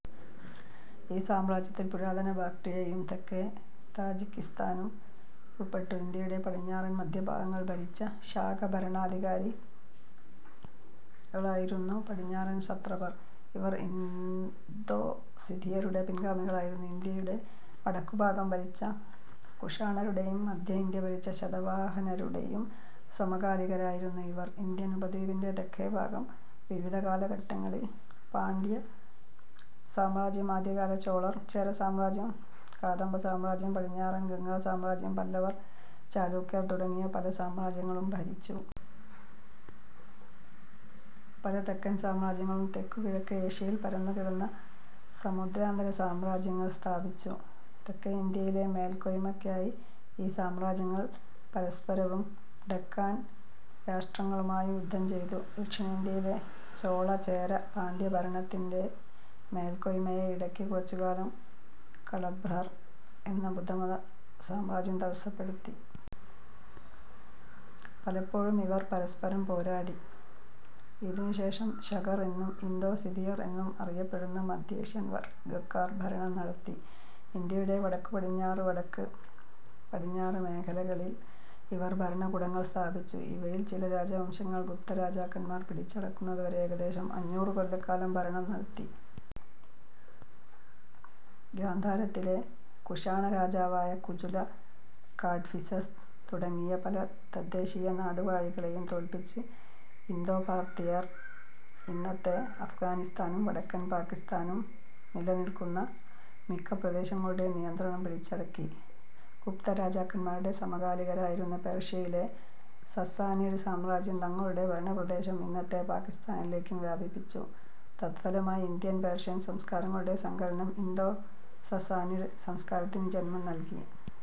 ഈ സാമ്രാജ്യത്തിൽ പുരാതന ബാക്ട്രിയയും തെക്കേ താജിക്കിസ്ഥാനും ഉൾപ്പെട്ടു. ഇന്ത്യയുടെ പടിഞ്ഞാറൻ, മദ്ധ്യ ഭാഗങ്ങൾ ഭരിച്ച ശാക ഭരണാധികാരികളായിരുന്നു പടിഞ്ഞാറൻ സത്രപർ. ഇവർ ഇന്തോ-സിഥിയരുടെ പിൻഗാമികളായിരുന്നു. ഇന്ത്യയുടെ വടക്കുഭാഗം ഭരിച്ച കുഷാണരുടെയും, മദ്ധ്യ ഇന്ത്യ ഭരിച്ച ശതവാഹനരുടെയും സമകാലികരായിരുന്നു ഇവർ. ഇന്ത്യൻ ഉപദ്വീപിന്റെ തെക്കേ ഭാഗം, വിവിധ കാലഘട്ടങ്ങളിൽ, പാണ്ഡ്യ സാമ്രാജ്യം, ആദ്യകാല ചോളർ, ചേര സാമ്രാജ്യം, കാദംബ സാമ്രാജ്യം, പടിഞ്ഞാറൻ ഗംഗാ സാമ്രാജ്യം, പല്ലവർ, ചാലൂക്യർ തുടങ്ങിയ പല സാമ്രാജ്യങ്ങളും ഭരിച്ചു. പല തെക്കൻ സാമ്രാജ്യങ്ങളും തെക്കു കിഴക്കേ ഏഷ്യയിൽ പരന്നുകിടന്ന സമുദ്രാന്തര സാമ്രാജ്യങ്ങൾ സ്ഥാപിച്ചു. തെക്കേ ഇന്ത്യയിലെ മേൽക്കോയ്മയ്ക്കായി ഈ സാമ്രാജ്യങ്ങൾ പരസ്പരവും, ഡെക്കാൻ രാഷ്ട്രങ്ങളുമായും യുദ്ധം ചെയ്തു. ദക്ഷിണേന്ത്യയിലെ ചോള, ചേര, പാണ്ഡ്യ ഭരണത്തിന്റെ മേൽക്കോയ്മയെ ഇടയ്ക്ക് കുറച്ചുകാലം കളഭ്രർ എന്ന ബുദ്ധമത സാമ്രാജ്യം തടസ്സപ്പെടുത്തി. പലപ്പൊഴും ഇവർ പരസ്പരം പോരാടി. ഇതിനു ശേഷം ശകർ എന്നും ഇന്തോ-സിഥിയർ എന്നും അറിയപ്പെടുന്ന മദ്ധ്യേഷ്യൻ വർഗ്ഗക്കാർ ഭരണം നടത്തി. ഇന്ത്യയുടെ വടക്കു പടിഞ്ഞാറ്, വടക്ക്, പടിഞ്ഞാറ് മേഖലകളിൽ ഇവർ ഭരണകൂടങ്ങൾ സ്ഥാപിച്ചു. ഇവയിൽ ചില രാജവംശങ്ങൾ ഗുപ്തരാജാക്കാന്മാർ പിടിച്ചടക്കുന്നതുവരെ ഏകദേശം അഞ്ഞൂറു കൊല്ലക്കാലം ഭരണം നടത്തി. ഗാന്ധാരത്തിലെ കുശാണ രാജാവായ കുജുല കാഡ്ഫിസസ് തുടങ്ങിയ പല തദ്ദേശീയ നാടുവാഴികളെയും തോൽപ്പിച്ച് ഇന്തോ-പാർഥിയർ ഇന്നത്തെ അഫ്ഗാനിസ്ഥാനും വടക്കൻ പാകിസ്താനും നിലനിൽക്കുന്ന മിക്ക പ്രദേശങ്ങളുടെയും നിയന്ത്രണം പിടിച്ചടക്കി. ഗുപ്ത രാജാക്കന്മാരുടെ സമകാലികരായിരുന്ന പേർഷ്യയിലെ സസ്സാനിഡ് സാമ്രാജ്യം തങ്ങളുടെ ഭരണ പ്രദേശം ഇന്നത്തെ പാകിസ്താനിലേയ്ക്കും വ്യാപിപ്പിച്ചു. തത്ഫലമായി ഇന്ത്യൻ, പേർഷ്യൻ സംസ്കാരങ്ങളുടെ സങ്കലനം ഇന്തോ-സസ്സാനിഡ് സംസ്കാരത്തിന് ജന്മം നൽകി.